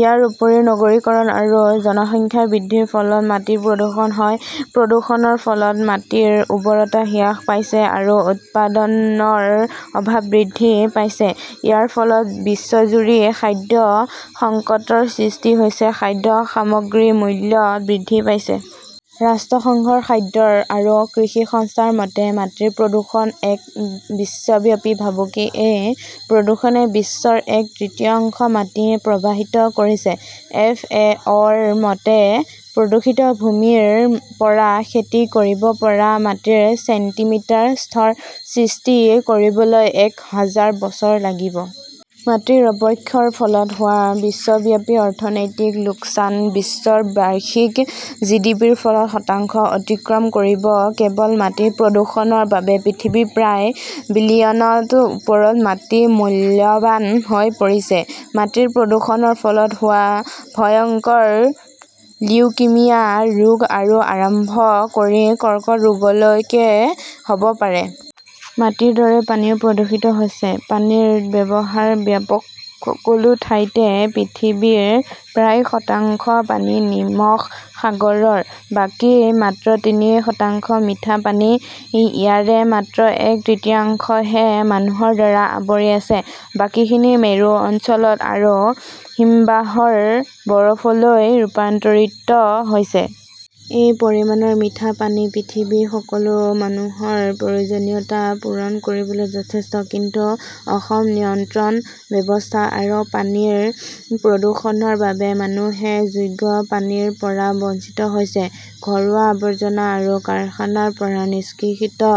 ইয়াৰ উপৰিও নগৰীকৰণ আৰু জনসংখ্যা বৃদ্ধিৰ ফলত মাটি প্ৰদূষণ হয়। প্ৰদূষণৰ ফলত মাটিৰ উৰ্বৰতা হ্ৰাস পাইছে আৰু উৎপাদনৰ অভাৱ বৃদ্ধি পাইছে। ইয়াৰ ফলত বিশ্বজুৰি খাদ্য সংকটৰ সৃষ্টি হৈছে। খাদ্য সামগ্ৰীৰ মূল্য বৃদ্ধি পাইছে। ৰাষ্ট্ৰসংঘৰ খাদ্য আৰু কৃষি সংস্থাৰ মতে, মাটিৰ প্ৰদূষণ এক বিশ্বব্যাপী ভাবুকি। এই প্ৰদূষণে বিশ্বৰ এক তৃতীয়াংশ মাটি প্ৰভাৱিত কৰিছে। এফ. এ. অ '. -ৰ মতে, প্ৰদূষিত ভূমিৰ পৰা খেতি কৰিব পৰা মাটিৰ ছেণ্টিমিটাৰ স্তৰ সৃষ্টি কৰিবলৈ এক হাজাৰ বছৰ লাগিব। মাটিৰ অৱক্ষয়ৰ ফলত হোৱা বিশ্বব্যাপী অৰ্থনৈতিক লোকচান বিশ্বৰ বাৰ্ষিক জিডিপিৰ ফলত শতাংশ অতিক্ৰম কৰিব। কেৱল মাটি প্ৰদূষণৰ বাবে পৃথিৱীৰ প্ৰায় বিলিয়ন ওপৰৰ মাটি মূল্যৱান হৈ পৰিছে। মাটিৰ প্ৰদূষণৰ ফলত হোৱা ভয়ংকৰ লিউকিমিয়া ৰোগৰ পৰা আৰম্ভ কৰি কৰ্কট ৰোগলৈকে হ'ব পাৰে। মাটিৰ দৰে পানীও প্ৰদূষিত হৈছে। পানীৰ ব্যৱহাৰ ব্যাপক সকলো ঠাইতে। পৃথিৱীৰ প্ৰায় শতাংশ পানী নিমখ সাগৰৰ। বাকী মাত্ৰ তিনি শতাংশ মিঠা পানী। ইয়াৰে মাত্ৰ এক তৃতীয়াংশহে মানুহৰ দ্বাৰা আৱৰি আছে, বাকীখিনি মেৰু অঞ্চল আৰু হিমবাহৰ বৰফলৈ ৰূপান্তৰিত হৈছে। এই পৰিমাণৰ মিঠা পানী পৃথিৱীৰ সকলো মানুহৰ প্ৰয়োজনীয়তা পূৰণ কৰিবলৈ যথেষ্ট। কিন্তু অসম নিয়ন্ত্ৰণ ব্যৱস্থা আৰু পানীৰ প্ৰদূষণৰ বাবে মানুহে যোগ্য পানীৰ পৰা বঞ্চিত হৈছে। ঘৰুৱা আৱৰ্জনা আৰু কাৰখানাৰ পৰা নিষ্কাশিত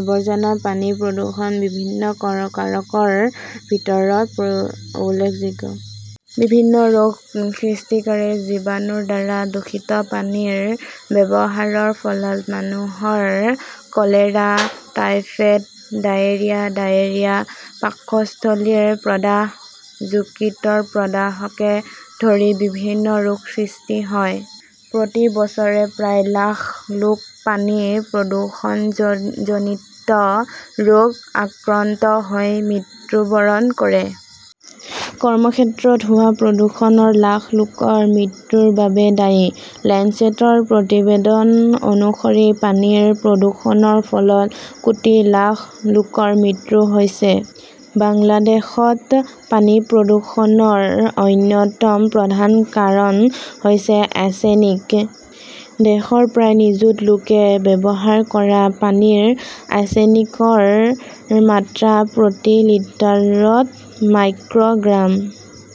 আৱৰ্জনা পানী প্ৰদূষণৰ বিভিন্ন কাৰকৰ ভিতৰত উল্লেখযোগ্য। বিভিন্ন ৰোগ সৃষ্টিকাৰী জীৱাণুৰ দ্বাৰা দূষিত পানীৰ ব্যৱহাৰৰ ফলত মানুহৰ কলেৰা, টাইফয়েড, ডায়েৰিয়া, ডায়েৰিয়া, পাকস্থলীৰ প্ৰদাহ, যকৃতৰ প্ৰদাহকে ধৰি বিভিন্ন ৰোগ সৃষ্টি হয়। প্ৰতি বছৰে প্ৰায় লাখ লোক পানী প্ৰদূষণজনজনিত ৰোগ আক্ৰান্ত হৈ মৃত্যুবৰণ কৰে। কৰ্মক্ষেত্ৰত হোৱা প্ৰদূষণ লাখ লোকৰ মৃত্যুৰ বাবে দায়ী। লেঞ্চেটৰ প্ৰতিবেদন অনুসৰি, পানীৰ প্ৰদূষণৰ ফলত কোটি লাখ লোকৰ মৃত্যু হৈছে। বাংলাদেশত পানী প্ৰদূষণৰ অন্যতম প্ৰধান কাৰণ হৈছে আৰ্ছেনিক। দেশৰ প্ৰায় নিযুত লোকে ব্যৱহাৰ কৰা পানীৰ আৰ্ছেনিকৰ মাত্ৰা প্ৰতি লিটাৰত মাইক্ৰ গ্ৰাম।